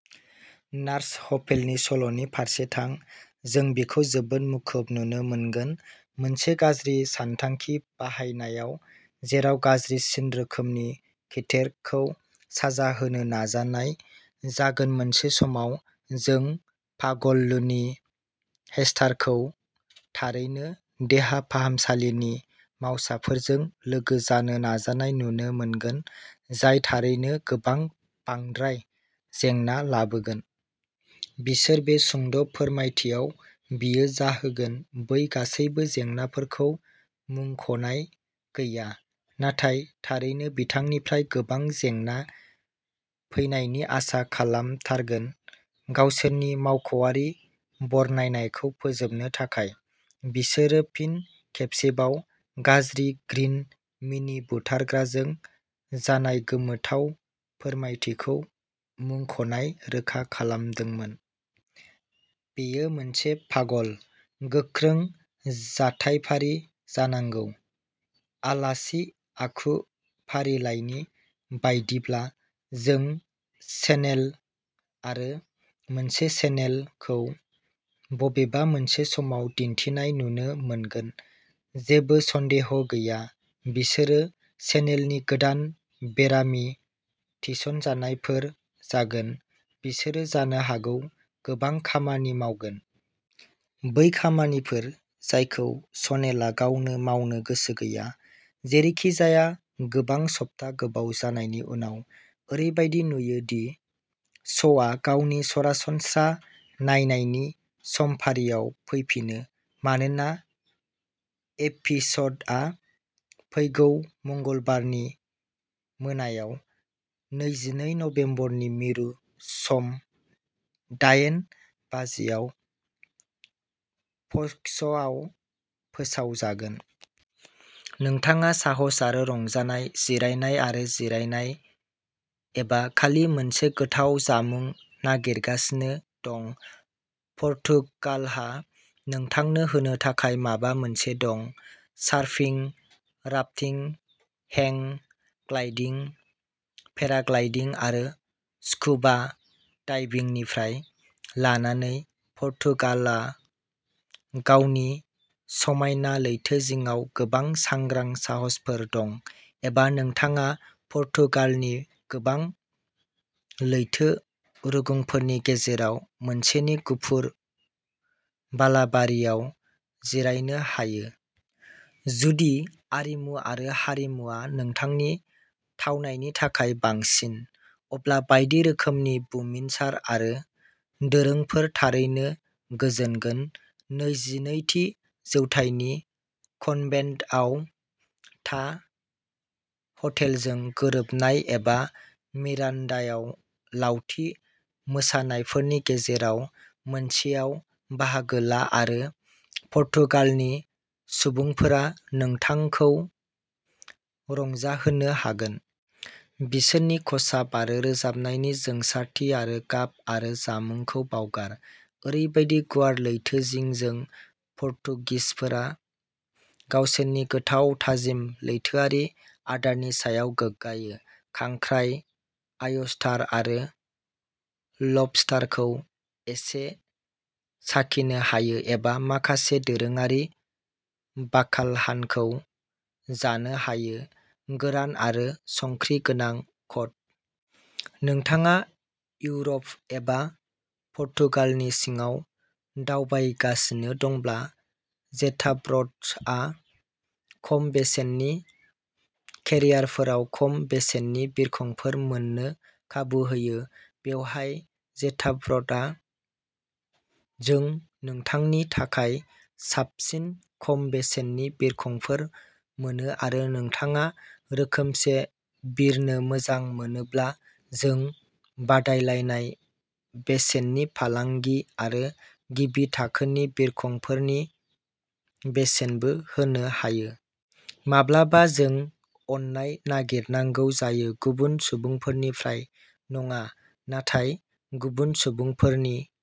Nurse हफेलनि सल'नि फारसे थां। जों बिखौ जोबोद मुखुब नुनो मोनगोन, मोनसे गाज्रि सानथांखि बाहायनायाव, जेराव गाज्रिसिन रोखोमनि खिथेरखौ साजा होनो नाजानाय जागोन मोनसे समाव, जों पागल, लुनि हेस्टारखौ थारैनो देहा फाहामसालिनि मावसाफोरजों लोगो जानो नाजानाय नुनो मोनगोन, जाय थारैनो गोबां बांद्राय जेंना लाबोगोन। बिसोर बे सुंद' फोरमायथियाव बियो जाहोगोन बै गासैबो जेंनाफोरखौ मुंख'नाय गैया, नाथाय थारैनो बिथांनिफ्राय गोबां जेंना फैनायनि आसा खालामथारगोन। गावसोरनि मावख'आरि बरनायनायखौ फोजोबनो थाखाय, बिसोरो फिन खेबसेबाव, गाज्रि ग्रीन मिनि बुथारग्राजों जानाय गोमोथाव फोरमायथिखौ मुंख'नाय रोखा खालामदोंमोन। बेयो मोनसे पागल, गोख्रों जाथायफारि जानांगौ। आलासि आखु फारिलाइनि बायदिब्ला, जों चेनेल आरो मोनसे चेनेल खौ बबेबा मोनसे समाव दिन्थिनाय नुनो मोनगोन। जेबो सन्देह गैया, बिसोरो चेनेलनि गोदान बेरामि थिसनजानायफोर जागोन। बिसोरो जानो हागौ गोबां खामानि मावगोन। बै खामानिफोर जायखौ शनेलआ गावनो मावनो गोसो गैया। जेरैखिजाया, गोबां सप्ता गोबाव जानायनि उनाव, ओरैबायदि नुयो दि श'आ गावनि सरासनस्रा नायनायनि समफारियाव फैफिनो मानोना एपिसडआ फैगौ मंगलबारनि मोनायाव, नैजिनै नबेम्बरनि मिरु सम दायेन बाजियाव फक्सआव फोसावजागोन। नोंथाङा साहस आरो रंजानाय, जिरायनाय आरो जिरायनाय, एबा खालि मोनसे गोथाव जामुं नागिरगासिनो दं, पर्तुगालहा नोंथांनो होनो थाखाय माबा मोनसे दं। Surfing, rafting, hang gliding, paragliding आरो स्कुबा डाइभिंनिफ्राय लानानै, पर्तुगालहा गावनि समायना लैथोजिंआव गोबां सांग्रां साहसफोर दं एबा नोंथाङा पर्तुगालनि गोबां लैथो रुगुंफोरनि गेजेराव मोनसेनि गुफुर बालाबारियाव जिरायनो हायो। जुदि आरिमु आरो हारिमुआ नोंथांनि थावनायनि थाखाय बांसिन, अब्ला बायदि रोखोमनि बुमिनसार आरो दोरोंफोरा थारैनो गोजोनगोन। जिनैथि जौथाइनि कन्भेन्टआव था, हटेलजों गोरोबनाय, एबा मिरान्डायाव लावथि मोसानायफोरनि गेजेराव मोनसेयाव बाहागो ला आरो पर्तुगालनि सुबुंफोरा नोंथांखौ रंजाहोनो हागोन। बिसोरनि खसाब आरो रोजाबनायनि जोंसारथि आरो गाब आरो जामुंखौ बावगार ओरैबायदि गुवार लैथोजिंजों, पर्तुगिसफोरा गावसोरनि गोथाव, थाजिम लैथोआरि आदारनि सायाव गोग्गायो। खांख्राय, ऑयस्टार आरो लबस्टारखौ एसे साखिनो हायो एबा माखासे दोरोङारि बाकालहानखौ जानो हायो गोरान आरो संख्रि गोनां कड। नोंथाङा इउर'प एबा पर्तुगालनि सिङाव दावबायगासिनो दंब्ला, जेटाब्र'डआ खम बेसेननि केरियारफोराव खम बेसेननि बिरखंफोर मोननो खाबु होयो। बेवहाय जेटाब्र'डआव जों नोंथांनि थाखाय साबसिन खम बेसेननि बिरखंफोर मोनो आरो नोंथाङा रोखोमसे बिरनो मोजां मोनोब्ला जों बादायलायनाय बेसेननि फालांगि आरो गिबि थाखोनि बिरखंफोरनि बेसेनबो होनो हायो। माब्लाबा माब्लाबा जों अननाय नागिरनांगौ जायो गुबुन सुबुंफोरनिफ्राय नङा नाथाय गुबुन सुबुंफोरनि